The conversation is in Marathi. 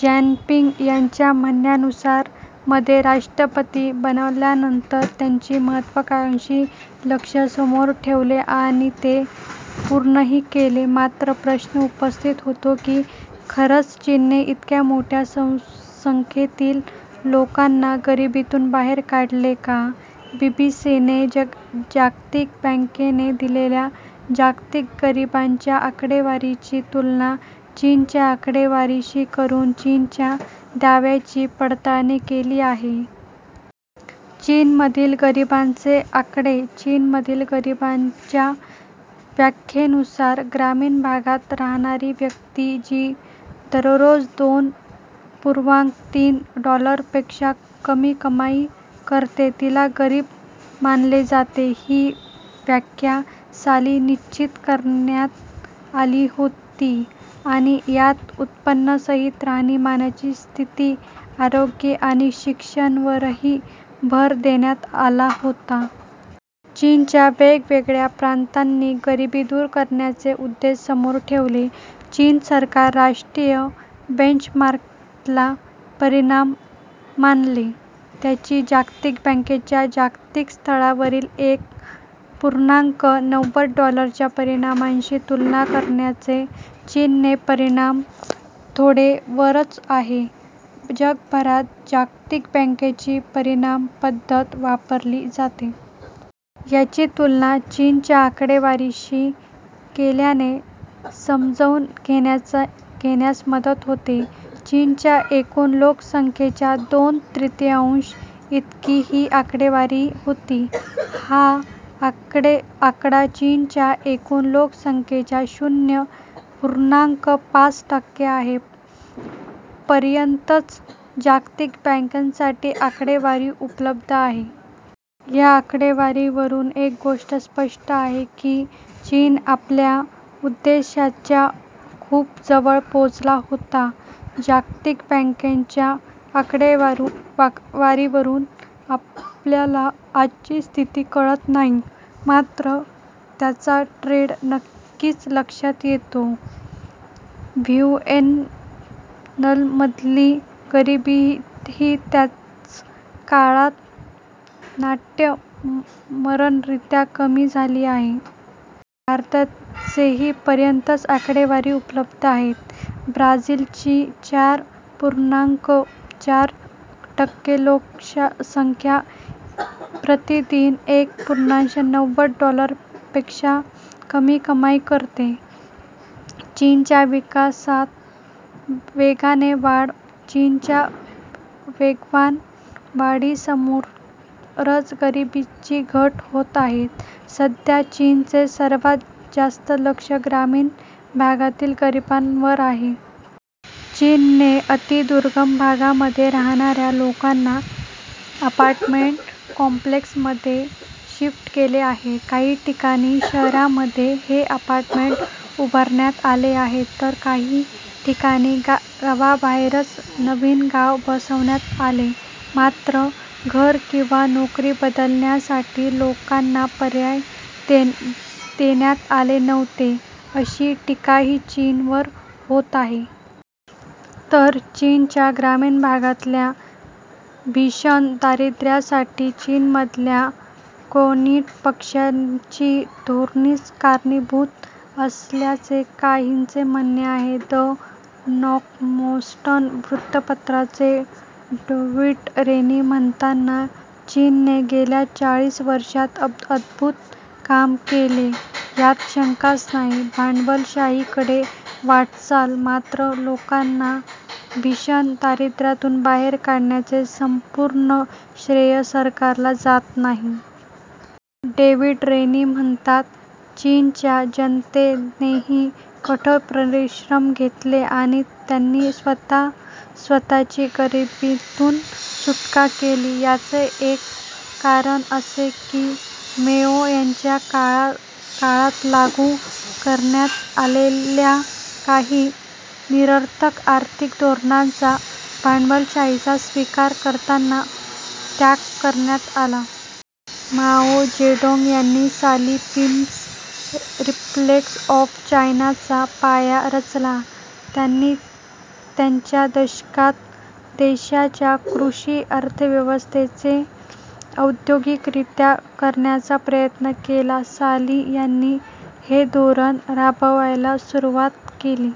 जिनपिंग यांच्या म्हणण्यानुसार, मध्ये राष्ट्रपती बनल्यानंतर त्यांनी महत्त्वाकांक्षी लक्ष्य समोर ठेवले आणि ते पूर्णही केले. मात्र, प्रश्न उपस्थित होतो की, खरंच चीनने इतक्या मोठ्या संख्येतील लोकांना गरिबीतून बाहेर काढले का? बीबीसीने जागतिक बँकेने दिलेल्या जागतिक गरिबीच्या आकडेवारीची तुलना चीनच्या आकडेवारीशी करून, चीनच्या दाव्याची पडताळणी केली आहे. चीनमधील गरिबीचे आकडे - चीनमधील गरिबीच्या व्याख्येनुसार, ग्रामीण भागात राहणारी व्यक्ती जी दररोज दोन पूर्णांक तीस डॉलरपेक्षा कमी कमाई करते, तिला गरीब मानले जाते. ही व्याख्या साली निश्चित करण्यात आली होती आणि यात उत्पन्नासह राहणीमानाची स्थिती, आरोग्य आणि शिक्षणावरही भर देण्यात आला होता. चीनच्या वेगवेगळ्या प्रांतांनी गरिबी दूर करण्याचे उद्देश समोर ठेवले. चीन सरकार राष्ट्रीय बेंचमार्कला परिमाण मानते. याची जागतिक बँकेच्या जागतिक स्तरावरील एक पूर्णांक नव्वद डॉलरच्या परिमाणाशी तुलना केल्यास चीनचे परिमाण थोडे वरच जाते. जगभरात जागतिक बँकेची परिमाण पद्धत वापरली जाते. याची तुलना चीनच्या आकडेवारीशी केल्याने समजून घेण्यास मदत होते. चीनच्या एकूण लोकसंख्येच्या दोन तृतीयांश इतकी ही आकडेवारी होती. हा आकडा चीनच्या एकूण लोकसंख्येच्या शून्य पूर्णांक पाच टक्के आहे. पर्यंतच जागतिक बँकेसाठी आकडेवारी उपलब्ध आहे. या आकडेवारीवरून एक गोष्ट स्पष्ट आहे की, चीन आपल्या उद्देशाच्या खूप जवळ पोहोचला होता. जागतिक बँकेच्या आकड्यांवरून आपल्याला आजची स्थिती कळत नाही. मात्र, याचा ट्रेंड नक्कीच लक्षात येतो. व्हिएतनाममधली गरिबीही याच काळात नाट्यमयरित्या कमी झाली आहे. भारताचेही पर्यंतच आकडे उपलब्ध आहेत. ब्राझिलची चार पूर्णांक चार टक्के लोकसंख्या प्रतिदिन एक पूर्णांक नव्वद डॉलरपेक्षा कमी कमाई करते. चीनच्या विकासात वेगाने वाढ - चीनच्या वेगवान वाढीसोबतच गरिबीतही घट होते आहे. सध्या चीनचे सर्वात जास्त लक्ष ग्रामीण भागातील गरिबांवर आहे. चीनने अतिदुर्गम गावांमध्ये राहणाऱ्या लोकांना अपार्टमेंट कॉम्प्लेक्समध्ये शिफ्ट केले आहे. काही ठिकाणी शहरांमध्ये हे अपार्टमेंट्स उभारण्यात आले आहेत. तर काही ठिकाणी गावाबाहेरच नवीन गाव वसवण्यात आले. मात्र, घर किंवा नोकरी बदलण्यासाठी लोकांना पर्याय देण्यात आले नव्हते, अशी टीकाही चीनवर होते आहे. तर चीनच्या ग्रामीण भागातल्या भीषण दारिद्र्यासाठी चीनमधल्या कम्युनिस्ट पक्षाची धोरणेच कारणीभूत असल्याचे काहींचे म्हणणे आहे. 'द इकॉनॉमिस्ट' वृत्तपत्राचे डेव्हिड रेनी म्हणतात, "चीनने गेल्या चाळीस वर्षांत अद्भुत काम केले, यात शंका नाही." भांडवलशाहीकडे वाटचाल - मात्र, लोकांना भीषण दारिद्र्यातून बाहेर काढण्याचे संपूर्ण श्रेय सरकारला जात नाही. डेव्हिड रेनी म्हणतात, "चीनच्या जनतेनेही कठोर परिश्रम घेतले आणि त्यांनी स्वतःच स्वतःची गरिबीतून सुटका केली. याचे एक कारण असे की माओ यांच्या काळात लागू करण्यात आलेल्या काही निरर्थक आर्थिक धोरणांचा भांडवलशाहीचा स्वीकार करताना त्याग करण्यात आला." माओ जेडोंग यांनी साली पिपल्स रिपब्लिक ऑफ चायनाचा पाया रचला. त्यांनी च्या दशकात देशाच्या कृषी अर्थव्यवस्थेचे औद्योगिकीकरण करण्याचा प्रयत्न केला. साली त्यांनी '' हे धोरण राबवायला सुरुवात केली.